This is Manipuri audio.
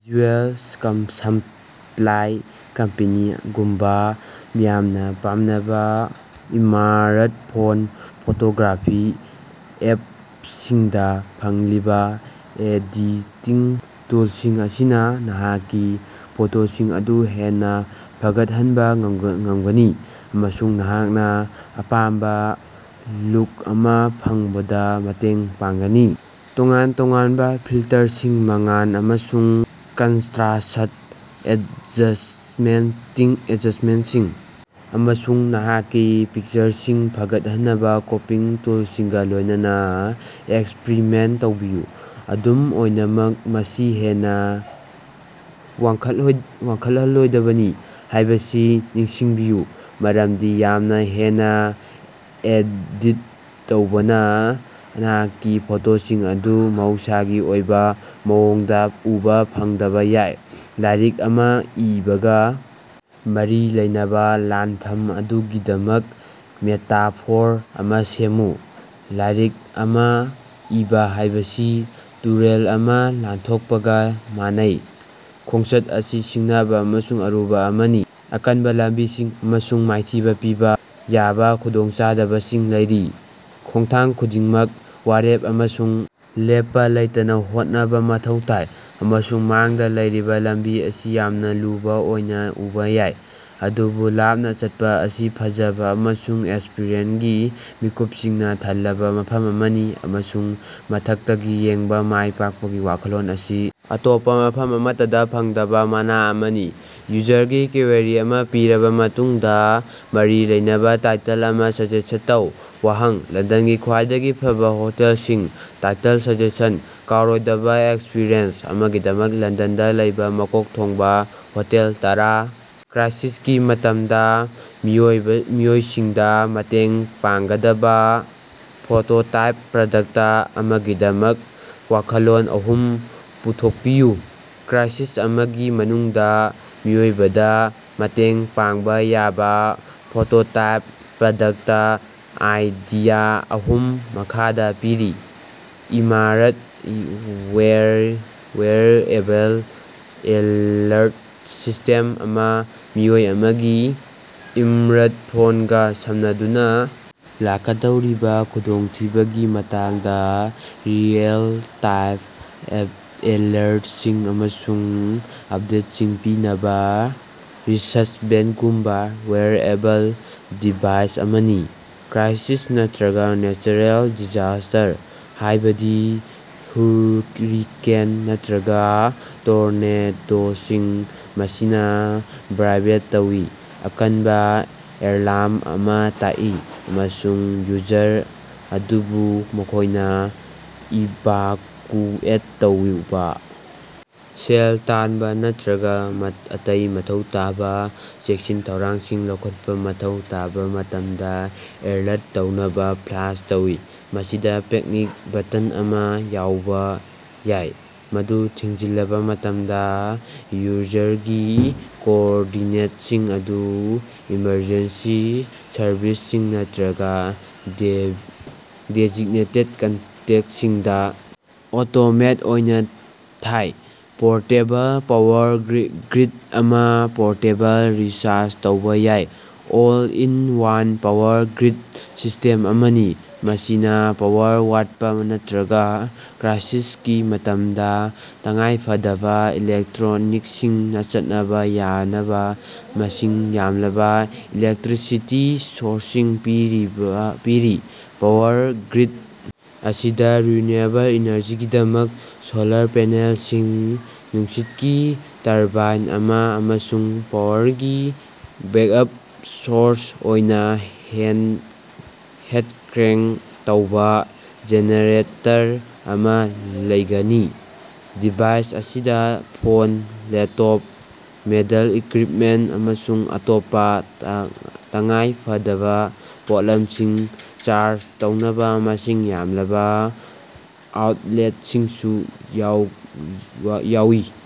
ꯚꯤꯖꯨꯑꯦꯜ ꯁꯞꯄ꯭ꯂꯥꯏ ꯀꯝꯄꯅꯤ ꯒꯨꯝꯕ ꯃꯤꯌꯥꯝꯅ ꯄꯥꯝꯅꯕ ꯁ꯭ꯃꯥꯔꯠꯐꯣꯟ ꯐꯣꯇꯣꯒ꯭ꯔꯥꯐꯤ ꯑꯦꯞꯁꯤꯡꯗ ꯐꯪꯂꯤꯕ ꯑꯦꯗꯤꯇꯤꯡ ꯇꯨꯜꯁꯤꯡ ꯑꯁꯤꯅ ꯅꯍꯥꯛꯀꯤ ꯐꯣꯇꯣꯁꯤꯡ ꯑꯗꯨ ꯍꯦꯟꯅ ꯐꯒꯠꯍꯟꯕ ꯉꯝꯒꯅꯤ ꯑꯃꯁꯨꯡ ꯅꯍꯥꯛꯅ ꯑꯄꯥꯝꯕ ꯂꯨꯛ ꯑꯃ ꯐꯪꯕꯗ ꯃꯇꯦꯡ ꯄꯥꯡꯒꯅꯤ꯫ ꯇꯣꯉꯥꯟ-ꯇꯣꯉꯥꯟꯕ ꯐꯤꯜꯇꯔꯁꯤꯡ, ꯃꯉꯥꯜ ꯑꯃꯁꯨꯡ ꯀꯟꯇ꯭ꯔꯥꯁꯠ ꯑꯦꯗꯖꯁꯠꯃꯦꯟꯇꯁꯤꯡ, ꯑꯃꯁꯨꯡ ꯅꯍꯥꯛꯀꯤ ꯄꯤꯛꯆꯔꯁꯤꯡ ꯐꯒꯠꯍꯟꯅꯕ ꯀ꯭ꯔꯣꯄꯤꯡ ꯇꯨꯜꯁꯤꯡꯒ ꯂꯣꯏꯅꯅ ꯑꯦꯛꯁꯄꯤꯔꯤꯃꯦꯟꯇ ꯇꯧꯕꯤꯌꯨ꯫ ꯑꯗꯨꯝ ꯑꯣꯏꯅꯃꯛ, ꯃꯁꯤ ꯍꯦꯟꯅ ꯋꯥꯡꯈꯠꯍꯜꯂꯣꯏꯗꯕꯅꯤ ꯍꯥꯏꯕꯁꯤ ꯅꯤꯡꯁꯤꯡꯕꯤꯌꯨ ꯃꯔꯝꯗꯤ ꯌꯥꯝꯅ ꯍꯦꯟꯅ ꯑꯦꯗꯤꯠ ꯇꯧꯕꯅ ꯅꯍꯥꯛꯀꯤ ꯐꯣꯇꯣꯁꯤꯡ ꯑꯗꯨ ꯃꯍꯧꯁꯒꯤ ꯑꯣꯏꯕ ꯃꯑꯣꯡꯗ ꯎꯕ ꯐꯪꯗꯕ ꯌꯥꯏ꯫ ꯂꯥꯏꯔꯤꯛ ꯑꯃ ꯏꯕꯒ ꯃꯔꯤ ꯂꯩꯅꯕ ꯂꯥꯟꯐꯝ ꯑꯗꯨꯒꯤꯗꯃꯛ ꯃꯦꯇꯥꯐꯣꯔ ꯑꯃ ꯁꯦꯝꯃꯨ꯫ ꯂꯥꯏꯔꯤꯛ ꯑꯃ ꯏꯕ ꯍꯥꯏꯕꯁꯤ ꯇꯨꯔꯦꯜ ꯑꯃ ꯂꯥꯟꯊꯣꯛꯄꯒ ꯃꯥꯟꯅꯩ꯫ ꯈꯣꯡꯆꯠ ꯑꯁꯤ ꯁꯤꯡꯅꯕ ꯑꯃꯁꯨꯡ ꯑꯔꯨꯕ ꯑꯃꯅꯤ꯫ ꯑꯀꯟꯕ ꯂꯝꯕꯤꯁꯤꯡ ꯑꯃꯁꯨꯡ ꯃꯥꯏꯊꯤꯕ ꯄꯤꯕ ꯌꯥꯕ ꯈꯨꯗꯣꯡꯆꯥꯗꯕꯁꯤꯡ ꯂꯩꯔꯤ꯫ ꯈꯣꯡꯊꯥꯡ ꯈꯨꯗꯤꯡꯃꯛ ꯋꯥꯔꯦꯞ ꯑꯃꯁꯨꯡ ꯂꯦꯞꯄ ꯂꯩꯇꯅ ꯍꯣꯠꯅꯕ ꯃꯊꯧ ꯇꯥꯏ ꯑꯃꯁꯨꯡ ꯃꯥꯡꯗ ꯂꯩꯔꯤꯕ ꯂꯝꯕꯤ ꯑꯁꯤ ꯌꯥꯝꯅ ꯂꯨꯕ ꯑꯣꯏꯅ ꯎꯕ ꯌꯥꯏ꯫ ꯑꯗꯨꯕꯨ ꯂꯥꯞꯅ ꯆꯠꯄ ꯑꯁꯤ ꯐꯖꯕ ꯑꯃꯁꯨꯡ ꯏꯟꯁꯄꯤꯔꯦꯁꯟꯒꯤ ꯃꯤꯀꯨꯞꯁꯤꯡꯅ ꯊꯜꯂꯕ ꯃꯐꯝ ꯑꯃꯅꯤ ꯑꯃꯁꯨꯡ ꯃꯊꯛꯇꯒꯤ ꯌꯦꯡꯕ, ꯃꯥꯏ ꯄꯥꯛꯄꯒꯤ ꯋꯥꯈꯜꯂꯣꯟ ꯑꯁꯤ ꯑꯇꯣꯞꯄ ꯃꯐꯝ ꯑꯃꯠꯇꯗ ꯐꯪꯗꯕ ꯃꯅꯥ ꯑꯃꯅꯤ꯫ ꯌꯨꯖꯔꯒꯤ ꯀ꯭ꯋꯦꯔꯤ ꯑꯃ ꯄꯤꯔꯕ ꯃꯇꯨꯡꯗ ꯃꯔꯤ ꯂꯩꯅꯕ ꯇꯥꯏꯇꯜ ꯑꯃ ꯁꯖꯦꯁ꯭ꯠ ꯇꯧ꯫ ꯋꯥꯍꯪ: ꯂꯟꯗꯟꯒꯤ ꯈ꯭ꯋꯥꯏꯗꯒꯤ ꯐꯕ ꯍꯣꯇꯦꯜꯁꯤꯡ꯫ ꯇꯥꯏꯇꯜ ꯁꯖꯦꯁꯟ: "ꯀꯥꯎꯔꯣꯏꯗꯕ ꯑꯦꯛꯁꯄꯤꯔꯤꯌꯦꯟꯁ ꯑꯃꯒꯤꯗꯃꯛ ꯂꯟꯗꯟꯗ ꯂꯩꯕ ꯃꯀꯣꯛ ꯊꯣꯡꯕ ꯍꯣꯇꯦꯜ ꯇꯔꯥ"꯫ ꯀ꯭ꯔꯥꯏꯁꯤꯁꯀꯤ ꯃꯇꯝꯗ ꯃꯤꯑꯣꯏꯁꯤꯡꯗ ꯃꯇꯦꯡ ꯄꯥꯡꯒꯗꯕ ꯄ꯭ꯔꯣꯇꯣꯇꯥꯏꯞ ꯄ꯭ꯔꯗꯛꯇ ꯑꯃꯒꯤꯗꯃꯛ ꯋꯥꯈꯜꯂꯣꯟ ꯑꯍꯨꯝ ꯄꯨꯊꯣꯛꯄꯤꯌꯨ꯫ ꯀ꯭ꯔꯥꯏꯁꯤꯁ ꯑꯃꯒꯤ ꯃꯅꯨꯡꯗ ꯃꯤꯑꯣꯏꯕꯗ ꯃꯇꯦꯡ ꯄꯥꯡꯕ ꯌꯥꯕ ꯄ꯭ꯔꯣꯇꯣꯇꯥꯏꯞ ꯄ꯭ꯔꯗꯛꯇ ꯑꯥꯏꯗꯤꯌꯥ ꯑꯍꯨꯝ ꯃꯈꯥꯗ ꯄꯤꯔꯤ: ꯁ꯭ꯃꯥꯔꯠ ꯋꯦꯌꯔꯑꯦꯕꯜ ꯑꯦꯂꯔꯠ ꯁꯤꯁ꯭ꯇꯦꯝ ꯑꯃ ꯃꯤꯑꯣꯏ ꯑꯃꯒꯤ ꯁ꯭ꯃꯥꯔꯠꯐꯣꯟꯒ ꯁꯝꯅꯗꯨꯅ ꯂꯥꯛꯀꯗꯧꯔꯤꯕ ꯈꯨꯗꯣꯡꯊꯤꯕꯒꯤ ꯃꯇꯥꯡꯗ ꯔꯤꯑꯦꯜ-ꯇꯥꯏꯝ ꯑꯦꯂꯔꯠꯁꯤꯡ ꯑꯃꯁꯨꯡ ꯑꯞꯗꯦꯠꯁꯤꯡ ꯄꯤꯅꯕ ꯔꯤꯁꯠꯕꯦꯟꯗꯒꯨꯝꯕ ꯋꯦꯌꯔꯑꯦꯕꯜ ꯗꯤꯚꯥꯏꯁ ꯑꯃꯅꯤ꯫ ꯀ꯭ꯔꯥꯏꯁꯤꯁ ꯅꯠꯇ꯭ꯔꯒ ꯅꯦꯆꯔꯦꯜ ꯗꯤꯖꯥꯁꯇꯔ, ꯍꯥꯏꯕꯗꯤ ꯍ꯭ꯌꯨꯔꯤꯀꯦꯟ ꯅꯠꯇ꯭ꯔꯒ ꯇꯣꯔꯅꯦꯗꯣꯁꯤꯡ꯫ ꯃꯁꯤꯅ ꯚꯥꯏꯕ꯭ꯔꯦꯠ ꯇꯧꯏ, ꯑꯀꯟꯕ ꯑꯦꯂꯥꯔꯝ ꯑꯃ ꯇꯥꯛꯏ ꯑꯃꯁꯨꯡ ꯌꯨꯖꯔ ꯑꯗꯨꯕꯨ ꯃꯈꯣꯏꯅ ꯏꯚꯥꯀꯨꯑꯦꯠ ꯇꯧꯕ, ꯁꯦꯜ ꯇꯥꯟꯕ ꯅꯠꯇ꯭ꯔꯒ ꯑꯇꯩ ꯃꯊꯧ ꯇꯥꯕ ꯆꯦꯛꯁꯤꯟ ꯊꯧꯔꯥꯡꯁꯤꯡ ꯂꯧꯈꯠꯄ ꯃꯊꯧ ꯇꯥꯕ ꯃꯇꯝꯗ ꯑꯦꯂꯔꯠ ꯇꯧꯅꯕ ꯐ꯭ꯂꯥꯁ ꯇꯧꯏ꯫ ꯃꯁꯤꯗ ꯄꯦꯅꯤꯛ ꯕꯇꯟ ꯑꯃꯁꯨ ꯌꯥꯎꯕ ꯌꯥꯏ, ꯃꯗꯨ ꯊꯤꯡꯖꯤꯜꯂꯕ ꯃꯇꯝꯗ, ꯌꯨꯖꯔꯒꯤ ꯀꯣꯑꯣꯔꯗꯤꯅꯦꯠꯁꯤꯡ ꯑꯗꯨ ꯏꯃꯔꯖꯦꯟꯁꯤ ꯁꯔꯚꯤꯁꯁꯤꯡ ꯅꯠꯇ꯭ꯔꯒ ꯗꯦꯖꯤꯒꯅꯦꯇꯦꯗ ꯀꯟꯇꯦꯛꯇꯁꯤꯡꯗ ꯑꯣꯇꯣꯃꯦꯠ ꯑꯣꯏꯅ ꯊꯥꯏ꯫ ꯄꯣꯔꯇꯦꯕꯜ ꯄꯥꯋꯔ ꯒ꯭ꯔꯤꯗ ꯑꯃ ꯄꯣꯔꯇꯦꯕꯜ, ꯔꯤꯆꯥꯔꯖ ꯇꯧꯕ ꯌꯥꯕ, ꯑꯣꯜ-ꯏꯟ-ꯋꯥꯟ ꯄꯥꯋꯔ ꯒ꯭ꯔꯤꯗ ꯁꯤꯁ꯭ꯇꯦꯝ ꯑꯃꯅꯤ꯫ ꯃꯁꯤꯅ ꯄꯥꯋꯔ ꯋꯥꯠꯄ ꯅꯠꯇ꯭ꯔꯒ ꯀ꯭ꯔꯥꯏꯁꯤꯁꯀꯤ ꯃꯇꯝꯗ ꯇꯉꯥꯏꯐꯗꯕ ꯏꯂꯦꯛꯇ꯭ꯔꯣꯅꯤꯛꯁꯁꯤꯡ ꯆꯠꯅꯕ ꯌꯥꯅꯕ ꯃꯁꯤꯡ ꯌꯥꯝꯂꯕ ꯏꯂꯦꯛꯇ꯭ꯔꯤꯁꯤꯇꯤ ꯁꯣꯔꯁꯁꯤꯡ ꯄꯤꯔꯤ꯫ ꯄꯥꯋꯔ ꯒ꯭ꯔꯤꯗ ꯑꯁꯤꯗ ꯔꯤꯅ꯭ꯌꯨꯑꯦꯕꯜ ꯏꯅꯔꯖꯤꯒꯤꯗꯃꯛ ꯁꯣꯂꯔ ꯄꯦꯅꯦꯜꯁꯤꯡ, ꯅꯨꯡꯁꯤꯠꯀꯤ ꯇꯔꯕꯥꯏꯟ ꯑꯃ ꯑꯃꯁꯨꯡ ꯄꯥꯋꯔꯒꯤ ꯕꯦꯛꯑꯞ ꯁꯣꯔꯁ ꯑꯣꯏꯅ ꯍꯦꯟꯗ-ꯀ꯭ꯔꯦꯡꯀ ꯇꯧꯕ ꯖꯦꯅꯦꯔꯦꯇꯔ ꯑꯃ ꯂꯩꯒꯅꯤ꯫ ꯗꯤꯚꯥꯏꯁ ꯑꯁꯤꯗ ꯐꯣꯟ, ꯂꯦꯞꯇꯣꯞ, ꯃꯦꯗꯤꯀꯜ ꯏꯀ꯭ꯋꯤꯞꯃꯦꯟꯇ ꯑꯃꯁꯨꯡ ꯑꯇꯣꯞꯄ ꯇꯉꯥꯏ ꯐꯗꯕ ꯄꯣꯠꯂꯝꯁꯤꯡ ꯆꯥꯔꯖ ꯇꯧꯅꯕ ꯃꯁꯤꯡ ꯌꯥꯝꯂꯕ ꯑꯥꯎꯠꯂꯦꯠꯁꯤꯡꯁꯨ ꯌꯥꯎꯋꯤ꯫